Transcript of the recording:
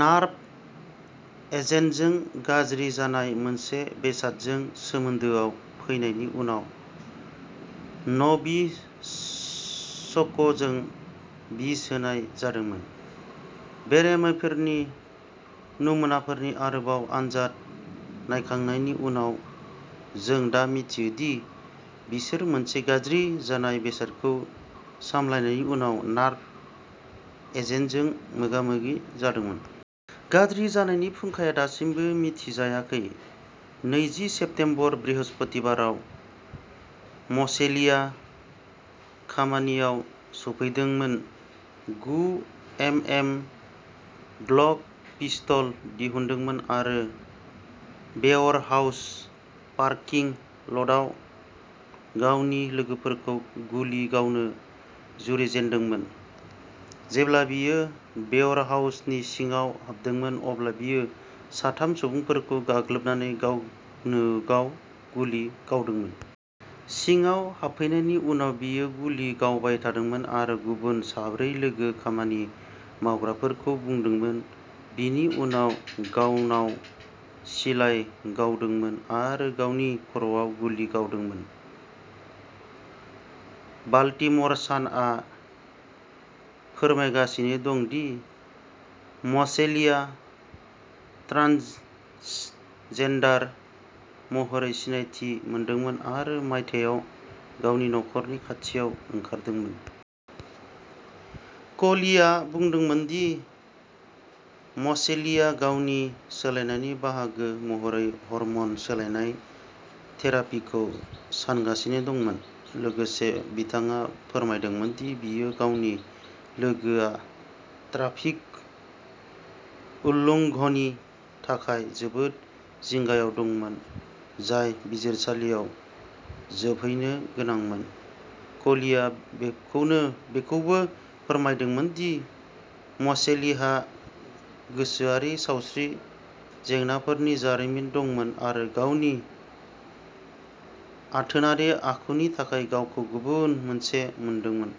Nerve एजेन्टजों गाज्रि जानाय मोनसे बेसादजों सोमोन्दोआव फैनायनि उनाव न'भिचक'जों बिस होनाय जादोंमोन। "बेरामिफोरनि नमुनाफोरनि आरोबाव आनजाद नायखांनायनि उनाव, जों दा मिथियो दि बिसोर मोनसे गाज्रि जानाय बेसादखौ सामलायनायनि उनाव नार्भ एजेन्टजों मोगामोगि जादोंमोन।" गाज्रि जानायनि फुंखाया दासिमबो मिथिजायाखै। नैजि सेप्तेम्बर बृहस्पतिबाराव मसेलिआ खामानियाव सौफैदोंमोन, गु एम एम ग्लक पिस्टल दिहुनदोंमोन आरो वेयरहाउस पार्किं ल'टआव गावनि लोगोफोरखौ गुलि गावनो जुरिजेनदोंमोन। जेब्ला बियो वेयरहाउसनि सिङाव हाबदोंमोन अब्ला बियो साथाम सुबुंफोरखौ गाग्लोबनानै गावनोगाव गुलि गावदोंमोन। सिङाव हाबफैनायनि उनाव बियो गुलि गावबाय थादोंमोन आरो गुबुन साब्रै लोगो खामानि मावग्राफोरखौ बुदोंमोन, बिनि उनाव गावनाव सिलाइ गावदोंमोन आरो गावनि खर'आव गुलि गावदोंमोन। बाल्टिम'र सानआ फोरमायगासिनो दं दि मसेलिआ ट्रान्सजेन्डार महरै सिनायथि मोनदोंमोन आरो मायथाइयाव गावनि नखरनि खाथियाव ओंखारदोंमोन। क'लिआ बुंदोंमोन दि मसेलिआ गावनि सोलायनायनि बाहागो महरै हर्मन सोलायनाय थेरापिखौ सानगासिनो दंमोन। लोगोसे, बिथाङा फोरमायदोंमोन दि बियो गावनि लोगोआ ट्राफिक उल्लङ्घननि थाखाय जोबोद जिंगायाव दंमोन, जाय बिजिरसालियाव जोबहैनो गोनांमोन। क'लिआ बेखौनो बेखौबो फोरमायदोंमोन दि म'सेलीहा गोसोआरि सावस्रि जेंनाफोरनि जारिमिन दंमोन आरो गावनि आथोनारि आखुनि थाखाय गावखौ गुबुन मोनसे मोनदोंमोन।